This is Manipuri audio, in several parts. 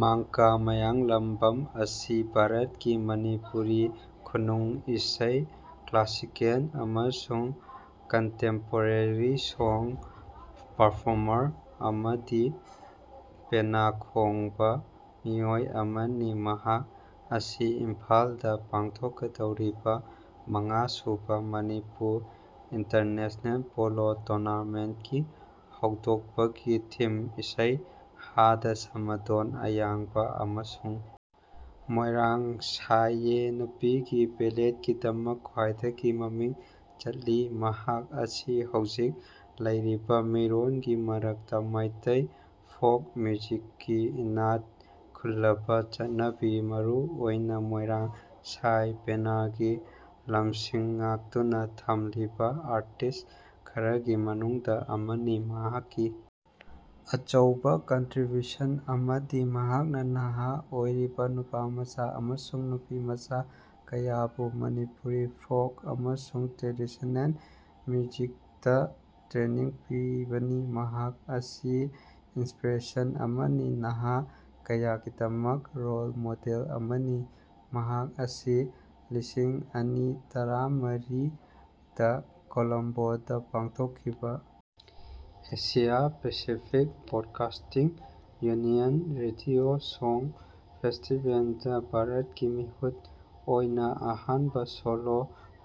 ꯃꯥꯡꯀꯥ ꯃꯥꯌꯥꯡꯂꯝꯕꯥꯝ ꯑꯁꯤ ꯚꯥꯔꯡꯀꯤ ꯃꯅꯤꯄꯨꯔꯤ ꯈꯨꯅꯨꯡ ꯏꯁꯩ ꯀ꯭ꯂꯥꯁꯤꯀꯦꯜ ꯑꯃꯁꯨꯡ ꯀꯟꯇꯦꯝꯄꯣꯔꯦꯔꯤ ꯁꯣꯡ ꯄꯔꯐꯣꯔꯃꯔ ꯑꯃꯗꯤ ꯄꯦꯅꯥ ꯈꯣꯡꯕ ꯃꯤꯑꯣꯏ ꯑꯃꯅꯤ꯫ ꯃꯍꯥꯛ ꯑꯁꯤ ꯏꯝꯐꯥꯜꯗꯥ ꯄꯥꯡꯊꯣꯛꯀꯗꯧꯔꯤꯕꯥ ꯃꯉꯥꯁꯨꯕꯥ ꯃꯅꯤꯄꯨꯔ ꯏꯟꯇꯔꯅꯦꯁ꯭ꯅꯦꯜ ꯄꯣꯂꯣ ꯇꯨꯔꯅꯥꯃꯦꯟꯠꯀꯤ ꯍꯧꯗꯣꯛꯄꯒꯤ ꯊꯤꯝ ꯏꯁꯩ ꯍꯥꯗꯥ ꯁꯃꯥꯗꯣꯟ ꯑꯌꯥꯡꯕꯥ ꯑꯃꯁꯨꯡ ꯃꯣꯏꯔꯥꯡ ꯁꯥꯏ ꯑꯦ ꯅꯨꯄꯤꯒꯤ ꯕꯦꯜꯂꯦꯗꯀꯤꯗꯃꯛ ꯈ꯭ꯋꯥꯏꯗꯒꯤ ꯃꯃꯤꯡ ꯆꯠꯂꯤ꯫ ꯃꯍꯥꯛ ꯑꯁꯤ ꯍꯧꯖꯤꯛ ꯂꯩꯔꯤꯕꯥ ꯃꯤꯔꯣꯜꯒꯤ ꯃꯔꯛꯇꯥ ꯃꯩꯇꯩ ꯐꯣꯛ ꯃ꯭ꯌꯨꯖꯤꯛꯀꯤ ꯏꯅꯥꯛ ꯈꯨꯜꯂꯕꯥ ꯆꯠꯅꯕꯤ ꯃꯔꯨ ꯑꯣꯏꯅꯥ ꯃꯣꯏꯔꯥꯡ ꯁꯥꯏ ꯄꯦꯅꯥꯒꯤ ꯂꯝꯁꯤꯡ ꯉꯥꯛꯇꯨꯅꯥ ꯊꯝꯂꯤꯕꯥ ꯑꯥꯔꯇꯤꯁ꯭ꯠ ꯈꯔꯒꯤ ꯃꯅꯨꯡꯗꯥ ꯑꯃꯅꯤ꯫ ꯃꯍꯥꯛꯀꯤ ꯑꯆꯧꯕ ꯀꯟꯇ꯭ꯔꯤꯕ꯭ꯌꯨꯁꯟ ꯑꯃꯗꯤ ꯃꯍꯥꯛꯅꯥ ꯅꯍꯥ ꯑꯣꯏꯔꯤꯕꯥ ꯅꯨꯄꯥꯃꯆꯥ ꯑꯃꯁꯨꯡ ꯅꯨꯄꯤꯃꯆꯥ ꯀꯌꯥꯕꯨ ꯃꯅꯤꯄꯨꯔꯤ ꯐꯣꯛ ꯑꯃꯁꯨꯡ ꯇ꯭ꯔꯦꯗꯤꯁ꯭ꯅꯦꯜ ꯃ꯭ꯌꯨꯖꯤꯛꯇꯥ ꯇ꯭ꯔꯦꯅꯤꯡ ꯄꯤꯕꯅꯤ꯫ ꯃꯍꯥꯛ ꯑꯁꯤ ꯏꯟꯁꯄꯤꯔꯦꯁꯟ ꯑꯃꯅꯤ ꯅꯍꯥ ꯀꯌꯥꯒꯤꯗꯃꯛ ꯔꯣꯜ ꯃꯣꯗꯦꯜ ꯑꯃꯅꯤ꯫ ꯃꯍꯥꯛ ꯑꯁꯤ ꯂꯤꯁꯤꯡ ꯑꯅꯤ ꯇꯔꯥꯃꯔꯤꯗ ꯀꯣꯂꯝꯕꯣꯗꯥ ꯄꯥꯡꯊꯣꯛꯈꯤꯕꯥ Asia Pacific broadcasting union radio song ꯐꯦꯁꯇꯤꯕꯦꯜꯗꯥ ꯚꯥꯔꯠꯀꯤ ꯃꯤꯍꯨꯠ ꯑꯣꯏꯅꯥ ꯑꯍꯥꯟꯕꯥ ꯁꯣꯂꯣ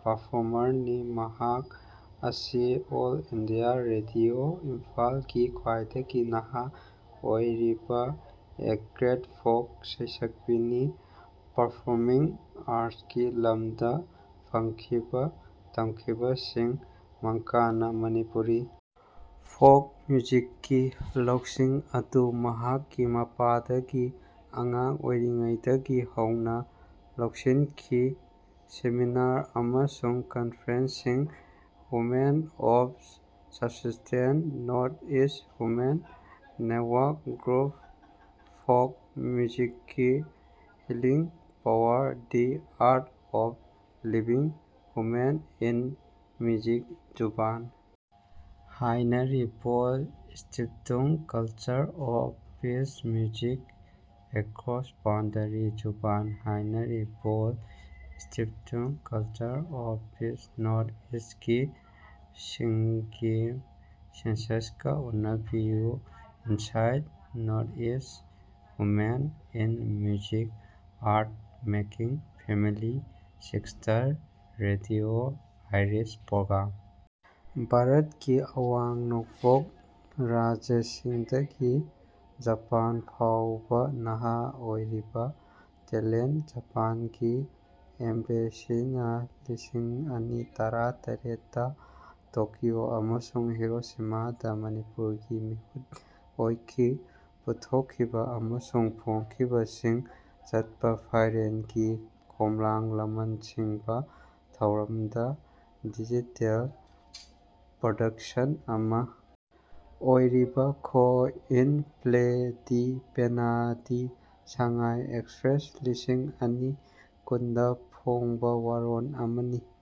ꯄꯔꯐꯣꯔꯃꯔꯅꯤ꯫ ꯃꯍꯥꯛ ꯑꯁꯤ ꯑꯣꯜ ꯏꯟꯗꯤꯌꯥ ꯔꯦꯗꯤꯑꯣ ꯏꯝꯐꯥꯜꯒꯤ ꯈ꯭ꯋꯥꯏꯗꯒꯤ ꯅꯍꯥ ꯑꯣꯏꯔꯤꯕꯥ ꯑꯦ ꯒ꯭ꯔꯦꯗ ꯐꯣꯛ ꯁꯩꯁꯛꯄꯤꯅꯤ꯫ ꯄꯔꯐꯣꯃꯤꯡ ꯑꯥꯔꯠꯁꯀꯤ ꯂꯝꯗꯥ ꯐꯪꯈꯤꯕꯥ ꯇꯝꯈꯤꯕꯁꯤꯡ ꯃꯥꯡꯀꯥꯅꯥ ꯃꯅꯤꯄꯨꯔꯤ ꯐꯣꯛ ꯃ꯭ꯌꯨꯖꯤꯛꯀꯤ ꯂꯧꯁꯤꯡ ꯑꯗꯨ ꯃꯍꯥꯛꯀꯤ ꯃꯄꯥꯗꯒꯤ ꯑꯉꯥꯡ ꯑꯣꯏꯔꯤꯉꯩꯗꯒꯤ ꯍꯧꯅꯥ ꯂꯧꯁꯤꯟꯈꯤ꯫ ꯁꯦꯃꯤꯅꯥꯔ ꯑꯃꯁꯨꯡ ꯀꯟꯐꯔꯦꯟꯁꯁꯤꯡ women of substance north east women network group folk ꯃꯤꯎꯖꯤꯛꯀꯤ healing power the art of living women in music Zubaan Heinrich Böll Stiftung culture of peace music across boundaries Zubaan Heinrich Böll Stiftung culture of peace north ꯏꯁ꯭ꯇꯀꯤ ꯁꯤꯡꯒꯤꯡ ꯁꯦꯟꯁꯁꯀꯥ ꯎꯅꯕꯤꯌꯨ inside northeast women in music art making family sister radio Iris program ꯚꯥꯔꯠꯀꯤ ꯑꯋꯥꯡ ꯅꯣꯡꯄꯣꯛ ꯔꯥꯖ꯭ꯌꯁꯤꯡꯗꯒꯤ ꯖꯄꯥꯟ ꯐꯥꯎꯕꯥ ꯅꯍꯥ ꯑꯣꯏꯔꯤꯕꯥ ꯇꯦꯂꯦꯟꯠ ꯖꯄꯥꯟꯒꯤ ꯑꯦꯝꯕꯦꯁꯤꯅꯥ ꯂꯤꯁꯤꯡ ꯑꯅꯤ ꯇꯔꯥ ꯇꯔꯦꯠꯇꯥ ꯇꯣꯀꯤꯑꯣ ꯑꯃꯁꯨꯡ ꯍꯤꯔꯣꯁꯤꯃꯥꯗꯥ ꯃꯅꯤꯄꯨꯔꯒꯤ ꯃꯤꯍꯨꯠ ꯑꯣꯏꯈꯤ꯫ ꯄꯨꯊꯣꯛꯈꯤꯕ ꯑꯃꯁꯨꯡ ꯐꯣꯡꯈꯤꯕꯁꯤꯡ ꯆꯛꯄꯥ ꯐꯥꯌꯦꯡꯒꯤ ꯈꯣꯝꯂꯥꯡ ꯂꯃꯟ ꯁꯤꯡꯕꯥ ꯊꯧꯔꯝꯗꯥ ꯗꯤꯖꯤꯇꯦꯜ ꯄ꯭ꯔꯣꯗꯛꯁꯟ ꯑꯃꯥ ꯑꯣꯏꯔꯤꯕꯥ ꯈꯣ ꯏꯟ ꯄ꯭ꯂꯦ ꯗꯤ ꯄꯦꯅꯥ ꯗꯤ ꯁꯉꯥꯏ ꯑꯦꯛꯁꯄ꯭ꯔꯦꯁ ꯂꯤꯁꯤꯡ ꯑꯅꯤ ꯀꯨꯟꯗꯥ ꯐꯣꯡꯕꯥ ꯋꯥꯔꯣꯜ ꯑꯃꯅꯤ꯫